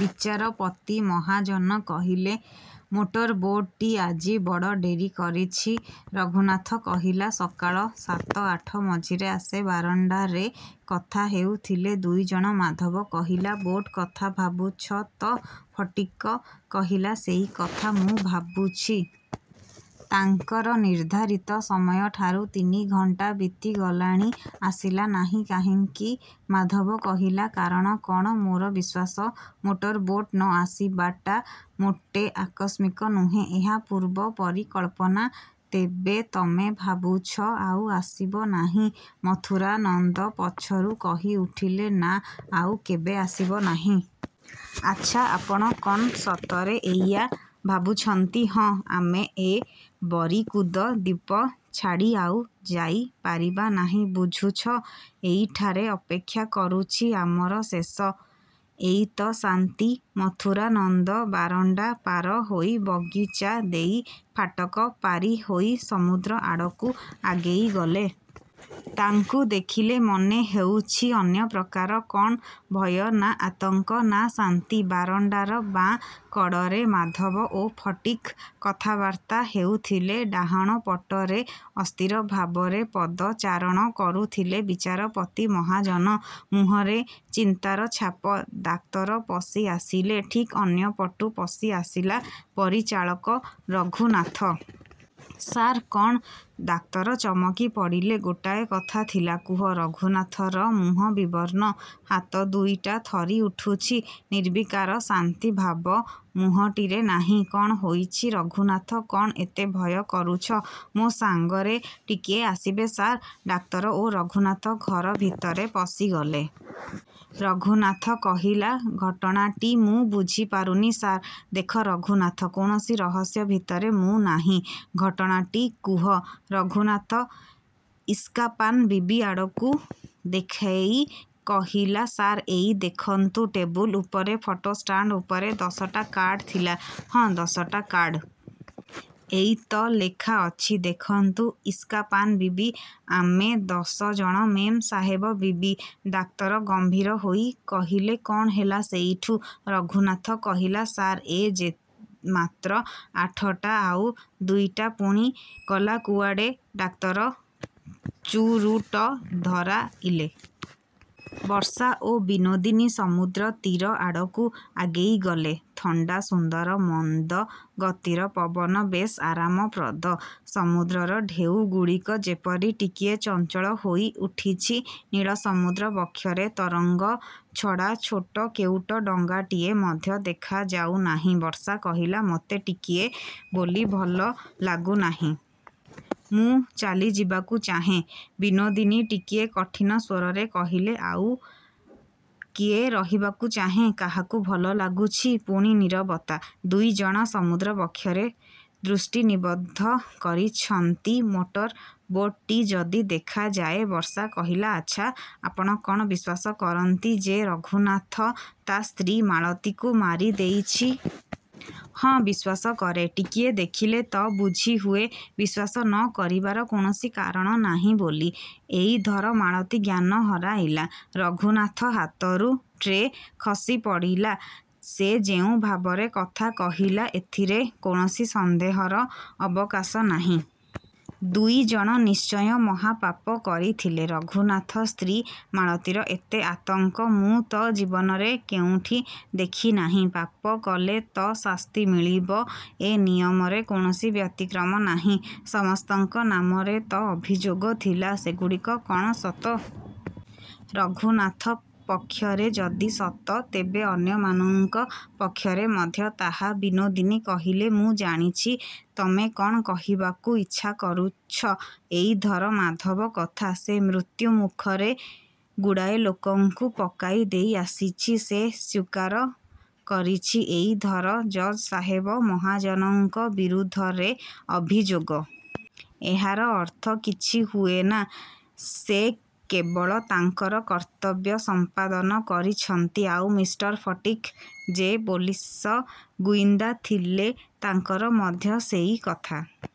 ବିଚାରପତି ମହାଜନ କହିଲେ, motor boat ଟି ଆଜି ବଡ଼ ଡେରି କରିଛି? ରଘୁନାଥ କହିଲା, ସକାଳ ସାତ ଆଠ ମଝିରେ ଆସେ। ବାରଣ୍ଡାରେ କଥା ହେଉଥିଲେ ଦୁଇ ଜଣ। ମାଧବ କହିଲା, ବୋଟ କଥା ଭାବୁଛ ତ? ଫଟିକ୍ କହିଲା, ସେଇ କଥା ମୁଁ ଭାବୁଛି। ତାଙ୍କର ନିର୍ଦ୍ଧାରିତ ସମୟଠାରୁ ତିନି ଘଣ୍ଟା ବିତିଗଲାଣି। ଆସିଲା ନାହିଁ କାହିଁକି? ମାଧବ କହିଲା, କାରଣ କ'ଣ? ମୋର ବିଶ୍ୱାସ, ମୋଟର ବୋଟ ନ ଆସିବାଟା ମୋଟେ ଆକସ୍ମିକ ନୁହେଁ। ଏହା ପୂର୍ବ ପରିକଳ୍ପନା। ତେବେ ତମେ ଭାବୁଛ ଆଉ ଆସିବ ନାହିଁ? ମଥୁରାନନ୍ଦ ପଛରୁ କହିଉଠିଲେ, ନା, ଆଉ କେବେ ଆସିବ ନାହିଁ। ଆଚ୍ଛା, ଆପଣ କ'ଣ ସତରେ ଏଇଆ ଭାବୁଛନ୍ତି? ହଁ। ଆମେ ଏ ବରିକୁଦ ଦ୍ଵୀପ ଛାଡ଼ି ଆଉ ଯାଇପାରିବା ନାହିଁ। ବୁଝୁଛ? ଏଇଠାରେ ଅପେକ୍ଷା କରୁଛି ଆମର ଶେଷ। ସେଇ ତ ଶାନ୍ତି। ମଥୁରାନନ୍ଦ ବାରଣ୍ଡା ପାରହୋଇ ବଗିଚା ଦେଇ ଫାଟକ ପାରିହୋଇ ସମୁଦ୍ର ଆଡ଼କୁ ଆଗେଇଗଲେ। ତାଙ୍କୁ ଦେଖିଲେ ମନେହେଉଛି ଅନ୍ୟପ୍ରକାର। କ'ଣ ଭୟ ନା ଆତଙ୍କ ନା ଶାନ୍ତି? ବାରଣ୍ଡାର ବାଁ କଡ଼ରେ ମାଧବ ଓ ଫଟିକ୍ କଥାବାର୍ତ୍ତା ହେଉଥିଲେ। ଡାହାଣପଟରେ ଅସ୍ଥିର ଭାବରେ ପଦଚାରଣ କରୁଥିଲେ ବିଚାରପତି ମହାଜନ। ମୁହଁରେ ଚିନ୍ତାର ଛାପ। ଡାକ୍ତର ପଶିଆସିଲେ। ଠିକ୍ ଅନ୍ୟପଟୁ ପଶିଆସିଲା ପରିଚାଳକ ରଘୁନାଥ। ସାର୍! କ'ଣ? ଡାକ୍ତର ଚମକିପଡ଼ିଲେ। ଗୋଟାଏ କଥା ଥିଲା। କୁହ। ରଘୁନାଥର ମୁହଁ ବିବର୍ଣ୍ଣ। ହାତ ଦୁଇଟା ଥରିଉଠୁଛି। ନିର୍ବିକାର ଶାନ୍ତିଭାବ ମୁହଁଟିରେ ନାହିଁ। କ'ଣ ହୋଇଛି ରଘୁନାଥ, କ'ଣ ଏତେ ଭୟ କରୁଛ? ମୋ ସାଙ୍ଗରେ ଟିକିଏ ଆସିବେ ସାର୍? ଡାକ୍ତର ଓ ରଘୁନାଥ ଘର ଭିତରେ ପଶିଗଲେ। ରଘୁନାଥ କହିଲା, ଘଟଣାଟି ମୁଁ ବୁଝିପାରୁନି, ସାର୍! ଦେଖ ରଘୁନାଥ, କୌଣସି ରହସ୍ୟ ଭିତରେ ମୁଁ ନାହିଁ। ଘଟଣାଟି କୁହ। ରଘୁନାଥ ଇସ୍କାପାନ ବିବି ଆଡ଼କୁ ଦେଖାଇ କହିଲା, ସାର୍, ଏଇ ଦେଖନ୍ତୁ ଟେବୁଲ ଉପରେ ଫଟୋ ଷ୍ଟାଣ୍ଡ ଉପରେ ଦଶଟା କାର୍ଡ଼ ଥିଲା। ହଁ, ଦଶଟା କାର୍ଡ଼। ଏଇ ତ ଲେଖା ଅଛି, ଦେଖନ୍ତୁ, ଇସ୍କାପାନ ବିବି, ଆମେ ଦଶ ଜଣ ମେମ୍ ସାହେବ ବିବି। ଡାକ୍ତର ଗମ୍ଭୀର ହୋଇ କହିଲେ, କ'ଣ ହେଲା ସେଇଠୁ? ରଘୁନାଥ କହିଲା, ସାର୍, ଏ ଯେ ମାତ୍ର ଆଠଟା। ଆଉ ଦୁଇଟା ପୁଣି ଗଲା କୁଆଡ଼େ? ଡାକ୍ତର ଚୁରୁଟ ଧରାଇଲେ। ବର୍ଷା ଓ ବିନୋଦିନୀ ସମୁଦ୍ର ତୀର ଆଡ଼କୁ ଆଗେଇଗଲେ। ଥଣ୍ଡା ସୁନ୍ଦର ମନ୍ଦ ଗତିର ପବନ ବେଶ୍ ଆରାମପ୍ରଦ। ସମୁଦ୍ରର ଢେଉଗୁଡ଼ିକ ଯେପରି ଟିକିଏ ଚଞ୍ଚଳ ହୋଇଉଠିଛି। ନୀଳ ସମୁଦ୍ର ବକ୍ଷରେ ତରଙ୍ଗ ଛଡ଼ା ଛୋଟ କେଉଟ ଡଙ୍ଗାଟିଏ ମଧ୍ୟ ଦେଖାଯାଉନାହିଁ। ବର୍ଷା କହିଲା, ମୋତେ ଟିକିଏ ବୋଲି ଭଲ ଲାଗୁନାହିଁ। ମୁଁ ଚାଲିଯିବାକୁ ଚାହେଁ। ବିନୋଦିନୀ ଟିକିଏ କଠିନ ସ୍ୱରରେ କହିଲେ, କିଏ ଆଉ ରହିବାକୁ ଚାହେଁ? କାହାକୁ ଭଲ ଲାଗୁଛି? ପୁଣି ନୀରବତା। ଦୁଇ ଜଣ ସମୁଦ୍ର ବକ୍ଷରେ ଦୃଷ୍ଟି ନିବଦ୍ଧ କରିଛନ୍ତି, ମୋଟର ବୋଟ ଟି ଯଦି ଦେଖାଯାଏ। ବର୍ଷା କହିଲା, ଆଚ୍ଛା, ଆପଣ କ'ଣ ବିଶ୍ୱାସ କରନ୍ତି ଯେ ରଘୁନାଥ ତା ସ୍ତ୍ରୀ ମାଳତୀକୁ ମାରିଦେଇଛି? ହଁ, ବିଶ୍ୱାସ କରେ। ଟିକିଏ ଦେଖିଲେ ତ ବୁଝିହୁଏ ବିଶ୍ୱାସ ନ କରିବାର କୌଣସି କାରଣ ନାହିଁ ବୋଲି। ଏଇ ଧର ମାଳତୀ ଜ୍ଞାନ ହରାଇଲା, ରଘୁନାଥ ହାତରୁ ଟ୍ରେ ଖସିପଡ଼ିଲା। ସେ ଯେଉଁ ଭାବରେ କଥା କହିଲା ଏଥିରେ କୌଣସି ସନ୍ଦେହର ଅବକାଶ ନାହିଁ। ଦୁଇ ଜଣ ନିଶ୍ଚୟ ମହାପାପ କରିଥିଲେ। ରଘୁନାଥ ସ୍ତ୍ରୀ ମାଳତୀର ଏତେ ଆତଙ୍କ, ମୁଁ ତ ଜୀବନରେ କେଉଁଠି ଦେଖି ନାହିଁ। ପାପ କଲେ ତ ଶାସ୍ତି ମିଳିବ, ଏ ନିୟମରେ କୌଣସି ବ୍ୟତିକ୍ରମ ନାହିଁ। ସମସ୍ତଙ୍କ ନାମରେ ତ ଅଭିଯୋଗ ଥିଲା। ସେଗୁଡ଼ିକ କ'ଣ ସତ? ରଘୁନାଥ ପକ୍ଷରେ ଯଦି ସତ ତେବେ ଅନ୍ୟମାନଙ୍କ ପକ୍ଷରେ ମଧ୍ୟ ତାହା, ବିନୋଦିନୀ କହିଲେ, ମୁଁ ଜାଣିଛି ତମେ କ'ଣ କହିବାକୁ ଇଚ୍ଛା କରୁଛ। ଏଇ ଧର, ମାଧବ କଥା। ସେ ମୃତ୍ୟୁମୁଖରେ ଗୁଡ଼ାଏ ଲୋକଙ୍କୁ ପକାଇଦେଇ ଆସିଛି। ସେ ସ୍ଵୀକାର କରିଛି। ଏଇ ଧର ଜଜ୍ ସାହେବ ମହାଜନଙ୍କ ବିରୁଦ୍ଧରେ ଅଭିଯୋଗ। ଏହାର ଅର୍ଥ କିଛି ହୁଏନା। ସେ କେବଳ ତାଙ୍କର କର୍ତ୍ତବ୍ୟ ସମ୍ପାଦନ କରିଛନ୍ତି। ଆଉ ମିଷ୍ଟର ଫଟିକ୍, ଯେ ପୋଲିସ ଗୁଇନ୍ଦା ଥିଲେ, ତାଙ୍କର ମଧ୍ୟ ସେଇ କଥା।